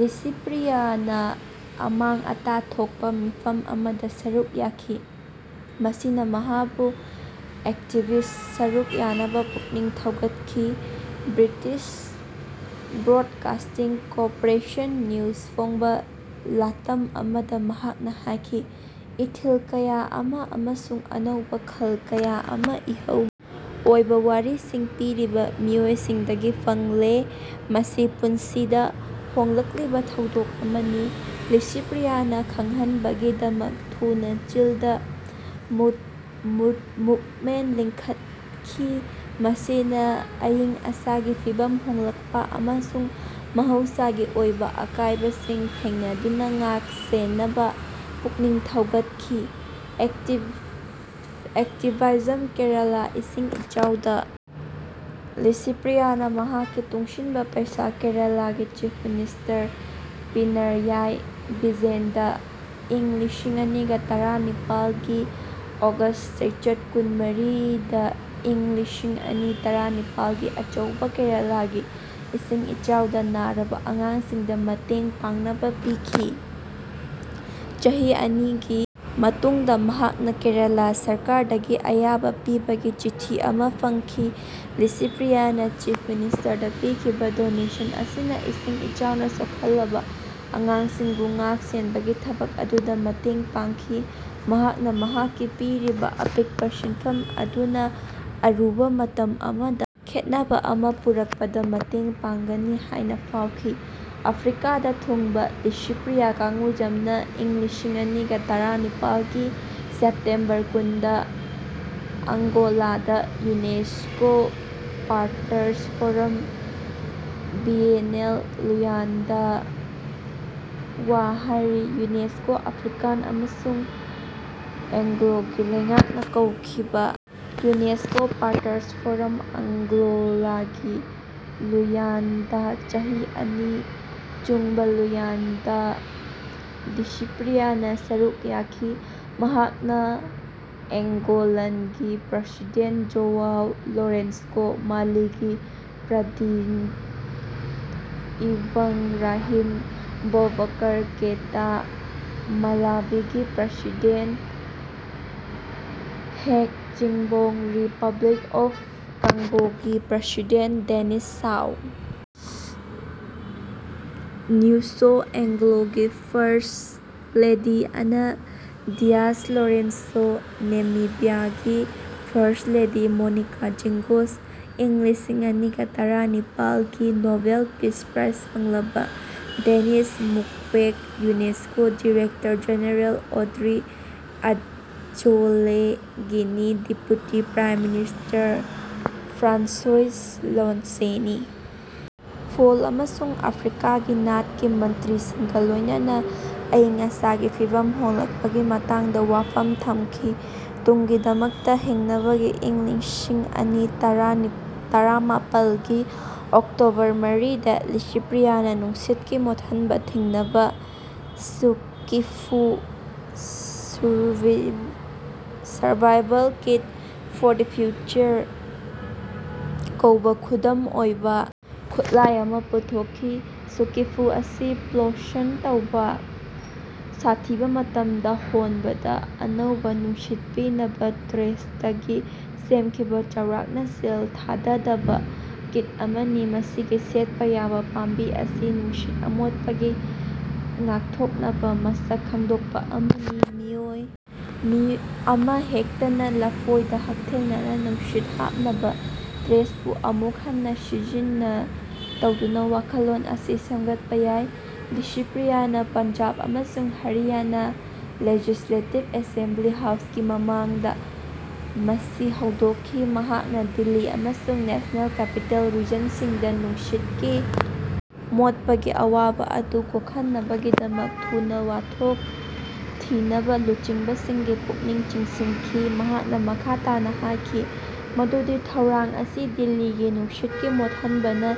ꯂꯤꯁꯤꯄ꯭ꯔꯤꯌꯥꯅ ꯑꯃꯥꯡ ꯑꯇꯥ ꯊꯣꯛꯄ ꯃꯤꯐꯝ ꯑꯃꯗ ꯁꯔꯨꯛ ꯌꯥꯈꯤ꯫ ꯃꯁꯤꯅ ꯃꯍꯥꯛꯄꯨ ꯑꯦꯛꯇꯤꯕ꯭ꯁ꯭ꯇꯇ ꯁꯔꯨꯛ ꯌꯥꯅꯕ ꯄꯨꯛꯅꯤꯡ ꯊꯧꯒꯠꯈꯤ꯫ ꯕ꯭ꯔꯤꯇꯤꯁ ꯕ꯭ꯔꯣꯗꯀꯥꯁꯇꯤꯡ ꯀꯣꯄꯣꯔꯦꯁꯟ ꯅ꯭ꯌꯨꯖ ꯐꯣꯡꯕ ꯂꯥꯇꯝ ꯑꯃꯗ ꯃꯍꯥꯛꯅ ꯍꯥꯏꯈꯤ, "ꯏꯊꯤꯜ ꯀꯌꯥ ꯑꯃ ꯑꯃꯁꯨꯡ ꯑꯅꯧꯕ ꯈꯜ ꯀꯌꯥ ꯑꯃ ꯏꯍꯧꯒꯤ ꯑꯣꯏꯕ ꯋꯥꯔꯤꯁꯤꯡ ꯄꯤꯔꯤꯕ ꯃꯤꯑꯣꯏꯁꯤꯡꯗꯒꯤ ꯐꯪꯂꯦ꯫ ꯃꯁꯤ ꯄꯨꯟꯁꯤꯗ ꯍꯣꯡꯂꯛꯂꯤꯕ ꯊꯧꯗꯣꯛ ꯑꯃꯅꯤ꯫" ꯂꯤꯁꯤꯄ꯭ꯔꯤꯌꯥꯅ ꯈꯪꯍꯟꯕꯒꯤꯗꯃꯛ ꯊꯨꯅ "ꯆꯤꯜꯗ ꯃꯨꯚꯃꯦꯟꯠ" ꯂꯤꯡꯈꯠꯈꯤ, ꯃꯁꯤꯅ ꯑꯏꯪ ꯑꯁꯥꯒꯤ ꯐꯤꯚꯝ ꯍꯣꯡꯂꯛꯄ ꯑꯃꯁꯨꯡ ꯃꯍꯧꯁꯥꯒꯤ ꯑꯣꯏꯕ ꯑꯀꯥꯏꯕꯁꯤꯡ ꯊꯦꯡꯅꯗꯨꯅ ꯉꯥꯛꯁꯦꯟꯅꯕ ꯄꯨꯛꯅꯤꯡ ꯊꯧꯒꯠꯈꯤ꯫ ꯑꯦꯛꯇꯤꯚꯥꯏꯖꯝ ꯀꯦꯔꯂꯥ ꯏꯁꯤꯡ ꯏꯆꯥꯎꯗ ꯂꯤꯁꯤꯄ꯭ꯔꯤꯌꯥꯅ ꯃꯍꯥꯛꯀꯤ ꯇꯨꯡꯁꯤꯟꯕ ꯄꯩꯁꯥ ꯀꯦꯔꯂꯥꯒꯤ ꯆꯤꯐ ꯃꯤꯅꯤꯁꯇꯔ ꯄꯤꯅꯔꯌꯥꯏ ꯕꯤꯖꯌꯟꯗ ꯏꯪ ꯂꯤꯁꯤꯡ ꯑꯅꯤꯒ ꯇꯔꯥ ꯅꯤꯄꯥꯜ ꯒꯤ ꯑꯣꯒꯁ꯭ꯠ ꯆꯩꯆꯠ ꯀꯨꯟꯃꯔꯤꯗ ꯏꯪ ꯂꯤꯁꯤꯡ ꯑꯅꯤ ꯇꯔꯥꯅꯤꯄꯥꯜꯒꯤ ꯑꯆꯧꯕ ꯀꯦꯔꯂꯥꯒꯤ ꯏꯁꯤꯡ ꯏꯆꯥꯎꯗ ꯅꯥꯔꯕ ꯑꯉꯥꯡꯁꯤꯡꯗ ꯃꯇꯦꯡ ꯄꯥꯡꯅꯕ ꯄꯤꯈꯤ꯫ ꯆꯍꯤ ꯑꯅꯤꯒꯤ ꯃꯇꯨꯡꯗ ꯃꯍꯥꯛꯅ ꯀꯦꯔꯂꯥ ꯁꯔꯀꯥꯔꯗꯒꯤ ꯑꯌꯥꯕ ꯄꯤꯕꯒꯤ ꯆꯤꯊꯤ ꯑꯃꯥ ꯐꯪꯈꯤ꯫ ꯂꯤꯁꯤꯄ꯭ꯔꯤꯌꯥꯅ ꯆꯤꯐ ꯃꯤꯅꯤꯁꯇꯔꯗ ꯄꯤꯈꯤꯕ ꯗꯣꯅꯦꯁꯟ ꯑꯁꯤꯅ ꯏꯁꯤꯡ ꯏꯆꯥꯎꯅ ꯁꯣꯛꯍꯜꯂꯕ ꯑꯉꯥꯡꯁꯤꯡꯕꯨ ꯉꯥꯛ-ꯁꯦꯟꯕꯒꯤ ꯊꯕꯛ ꯑꯗꯨꯗ ꯃꯇꯦꯡ ꯄꯥꯡꯈꯤ꯫ ꯃꯍꯥꯛꯅ ꯃꯍꯥꯛꯀꯤ ꯄꯤꯔꯤꯕ ꯑꯄꯤꯛꯄ ꯁꯦꯟꯐꯝ ꯑꯗꯨꯅ ꯑꯔꯨꯕ ꯃꯇꯝ ꯑꯃꯗ ꯈꯦꯠꯅꯕ ꯑꯃ ꯄꯨꯔꯛꯄꯗ ꯃꯇꯦꯡ ꯄꯥꯡꯒꯅꯤ ꯍꯥꯏꯅ ꯐꯥꯎꯈꯤ꯫ ꯑꯐ꯭ꯔꯤꯀꯥꯗ ꯊꯨꯡꯕ ꯂꯤꯁꯤꯄ꯭ꯔꯤꯌꯥ ꯀꯡꯒꯨꯖꯝꯅ ꯏꯪ ꯂꯤꯁꯤꯡ ꯑꯅꯤꯒ ꯇꫪꯥꯅꯤꯄꯥꯜꯒꯤ ꯁꯦꯞꯇꯦꯝꯕꯔ ꯀꯨꯟꯗ ꯑꯡꯒꯣꯂꯥꯗ UNESCO Partners Forum (Biennale Luanda) ꯗ ꯋꯥ ꯍꯥꯏꯔꯤ꯫ ꯌꯨꯅꯦꯁꯀꯣ, ꯑꯐ꯭ꯔꯤꯀꯥꯟ ꯌꯨꯅꯤꯌꯟ ꯑꯃꯁꯨꯡ ꯑꯦꯡꯒꯣꯂꯥꯒꯤ ꯂꯩꯉꯥꯛꯅ ꯀꯧꯈꯤꯕ ꯌꯨꯅꯦꯁꯀꯣ ꯄꯥꯔꯇꯔꯁ ꯐꯣꯔꯝ (ꯑꯡꯒꯣꯂꯥꯒꯤ ꯂꯨꯌꯥꯟꯗꯥ ꯆꯍꯤ ꯑꯅꯤ ꯆꯨꯡꯕ ꯂꯨꯌꯥꯟꯗꯥ) ꯗ ꯂꯤꯁꯤꯄ꯭ꯔꯤꯌꯥꯅ ꯁꯔꯨꯛ ꯌꯥꯈꯤ꯫ ꯃꯍꯥꯛꯅ ꯑꯦꯡꯒꯣꯂꯟꯒꯤ ꯄ꯭ꯔꯁꯤꯗꯦꯟ꯭ꯇ ꯖꯣꯑꯥꯎ ꯂꯣꯔꯦꯟꯀꯣ, ꯃꯥꯂꯤꯒꯤ ꯄ꯭ꯔꯗꯤꯅ꯭ꯇ ꯏꯕꯡꯔꯥꯍꯤꯝ ꯕꯣꯕꯀꯔ ꯀꯦꯏꯇꯥ, ꯃꯥꯂꯥꯚꯤꯒꯤ president Hage Geingob, Republic of ꯀꯪꯒꯣꯒꯤ ꯄ꯭ꯔꯥꯁꯤꯗꯦꯟ ꯗꯦꯅꯤꯁ ꯁꯥꯁꯎ ꯅꯒ꯭ꯌꯨꯁꯣ, ꯑꯦꯡꯒꯣꯂꯥꯒꯤ first lady Ana Dias Lourenço, ꯅꯦꯃꯤꯕ꯭ꯌꯥꯒꯤ ꯐꯔꯁꯠꯂꯦꯗꯤ ꯃꯣꯅꯤꯀꯥ ꯖꯤꯡꯒꯣꯁ, ꯏꯪ ꯂꯤꯁꯤꯡ ꯑꯅꯤꯒ ꯇꫪꯥꯅꯤꯄꯥꯜ ꯒꯤ ꯅꯣꯕꯦꯜ ꯄꯤꯁ ꯄ꯭ꯔꯥꯏꯖ ꯐꯪꯂꯕ ꯗꯦꯅꯤꯁ ꯃꯨꯛꯋꯦꯒ, UNESCO director general Audrey Azoulay, Guinea deputy prime minister François Lonseny Fall ꯑꯃꯁꯨꯡ ꯑꯐ꯭ꯔꯤꯀꯥꯒꯤ ꯅꯥꯠꯀꯤ ꯃꯟꯇ꯭ꯔꯤꯁꯤꯡꯒ ꯂꯣꯏꯅꯅ ꯑꯏꯪ-ꯑꯁꯥꯒꯤ ꯐꯤꯚꯝ ꯍꯣꯡꯂꯛꯄꯒꯤ ꯃꯇꯥꯡꯗ ꯋꯥꯐꯝ ꯊꯝꯈꯤ ꯇꯨꯡꯒꯤꯗꯃꯛꯇ ꯍꯤꯡꯅꯕꯒꯤ ꯏꯪ ꯂꯤꯁꯤꯡ ꯑꯅꯤ ꯇꯔꯥꯃꯥꯄꯜꯒꯤ ꯑꯣꯛꯇꯣꯕꯔ ꯃꯔꯤꯗ, ꯂꯤꯁꯤꯄ꯭ꯔꯤꯌꯥꯅ ꯅꯨꯡꯁꯤꯠꯀꯤ ꯃꯣꯠꯍꯟꯕ ꯊꯤꯡꯅꯕ ꯁꯨꯀꯤꯐꯨ (survival kit for the future) ꯀꯧꯕ ꯈꯨꯗꯝ ꯑꯣꯏꯕ ꯈꯨꯠꯂꯥꯏ ꯑꯃꯥ ꯄꯨꯊꯣꯛꯈꯤ꯫ ꯁꯨꯀꯤꯐꯨ ꯑꯁꯤ ꯄ꯭ꯂꯣꯁꯟ ꯇꯧꯕ ꯑꯁꯤ ꯁꯥꯊꯤꯕ ꯃꯇꯝꯗ ꯍꯣꯟꯕꯗ ꯑꯅꯧꯕ ꯅꯨꯡꯁꯤꯠ ꯄꯤꯅꯕ ꯇ꯭ꯔꯦꯁꯇꯒꯤ ꯁꯦꯝꯈꯤꯕ ꯆꯥꯎꯔꯥꯛꯅ ꯁꯦꯜ ꯊꯥꯗꯗꯕ ꯀꯤꯠ ꯑꯃꯅꯤ꯫ ꯃꯁꯤꯒꯤ ꯁꯦꯠꯄ ꯌꯥꯕ ꯄꯥꯝꯕꯤ ꯑꯁꯤ ꯅꯨꯡꯁꯤꯠ ꯑꯃꯣꯠꯄꯒꯤ ꯉꯥꯛꯊꯣꯛꯅꯕ ꯃꯁꯛ ꯈꯪꯗꯣꯛꯄ ꯑꯃꯅꯤ꯫ ꯃꯤꯑꯣꯏ ꯑꯃꯍꯦꯛꯇꯅ ꯌꯨꯝꯗꯒꯤ ꯂꯐꯣꯏꯗ ꯍꯛꯊꯦꯡꯅꯅ ꯅꯨꯡꯁꯤꯠ ꯍꯥꯞꯅꯕ ꯇ꯭ꯔꯦꯁꯕꯨ ꯑꯃꯨꯛ ꯍꯟꯅ ꯁꯤꯖꯤꯟꯅ ꯇꯧꯗꯨꯅ ꯋꯥꯈꯜꯂꯣꯟ ꯑꯁꯤ ꯁꯦꯝꯒꯠꯄ ꯌꯥꯏ꯫ ꯂꯤꯁꯤꯄ꯭ꯔꯤꯌꯥꯅ ꯄꯟꯖꯥꯕ ꯑꯃꯁꯨꯡ ꯍꯔꯤꯌꯥꯅꯥ ꯂꯦꯖꯤꯁ꯭ꯂꯦꯇꯤꯕ ꯑꯦꯁꯦꯝꯕ꯭ꯂꯤ ꯍꯥꯎꯁꯀꯤ ꯃꯃꯥꯡꯗ ꯃꯁꯤ ꯍꯧꯗꯣꯛꯈꯤ꯫ ꯃꯍꯥꯛꯅ ꯗꯤꯜꯂꯤ ꯑꯃꯁꯨꯡ ꯅꯦꯁꯅꯦꯜ ꯀꯦꯄꯤꯇꯦꯜ ꯔꯤꯖꯟ ꯁꯤꯡꯗ ꯅꯨꯡꯁꯤꯠꯀꯤ ꯃꯣꯠꯄꯒꯤ ꯑꯋꯥꯕ ꯑꯗꯨ ꯀꯣꯛꯍꯟꯅꯕꯒꯤꯗꯃꯛ ꯊꯨꯅ ꯋꯥꯊꯣꯛ ꯊꯤꯅꯕ ꯂꯨꯆꯤꯡꯕꯁꯤꯡꯒꯤ ꯄꯨꯛꯅꯤꯡ ꯆꯤꯡꯁꯤꯟꯈꯤ꯫ ꯃꯍꯥꯛꯅ ꯃꯈꯥ ꯇꯥꯅ ꯍꯥꯏꯈꯤ ꯃꯗꯨꯗꯤ ꯊꯩꯔꯥꯡ ꯑꯁꯤ ꯗꯤꯜꯂꯤꯒꯤ ꯅꯨꯡꯁꯤꯠꯀꯤ ꯃꯣꯠꯍꯟꯕꯅ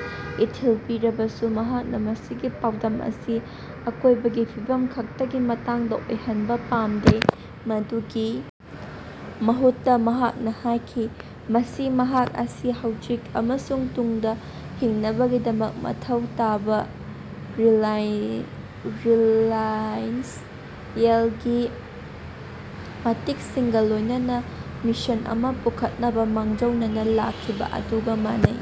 ꯏꯊꯤꯜ ꯄꯤꯔꯕꯁꯨ, ꯃꯍꯥꯛꯅ ꯃꯁꯤꯒꯤ ꯄꯥꯎꯗꯝ ꯑꯁꯤ ꯑꯀꯣꯏꯕꯒꯤ ꯐꯤꯚꯝ ꯈꯛꯇꯒꯤ ꯃꯇꯥꯡꯗ ꯑꯣꯏꯍꯟꯕ ꯄꯥꯝꯗꯦ꯫ ꯃꯗꯨꯒꯤ ꯃꯍꯨꯠꯇ ꯃꯍꯥꯛꯅ ꯍꯥꯏꯈꯤ ꯃꯁꯤ ꯃꯍꯥꯛ ꯑꯁꯤ ꯍꯧꯖꯤꯛ ꯑꯃꯁꯨꯡ ꯇꯨꯡꯗ ꯍꯤꯡꯅꯕꯒꯤꯗꯃꯛ ꯃꯊꯧ ꯇꯥꯕ ꯔꯤꯂꯥꯏꯟꯁ꯭ꯌꯦꯜꯒꯤ ꯃꯇꯤꯛꯁꯤꯡꯒ ꯂꯣꯏꯅꯅ ꯃꯤꯁꯟ ꯑꯃ ꯄꯨꯈꯠꯅꯕ ꯃꯥꯡꯖꯧꯅꯅ ꯂꯥꯛꯈꯤꯕ ꯑꯗꯨꯒ ꯃꯥꯟꯅꯩ꯫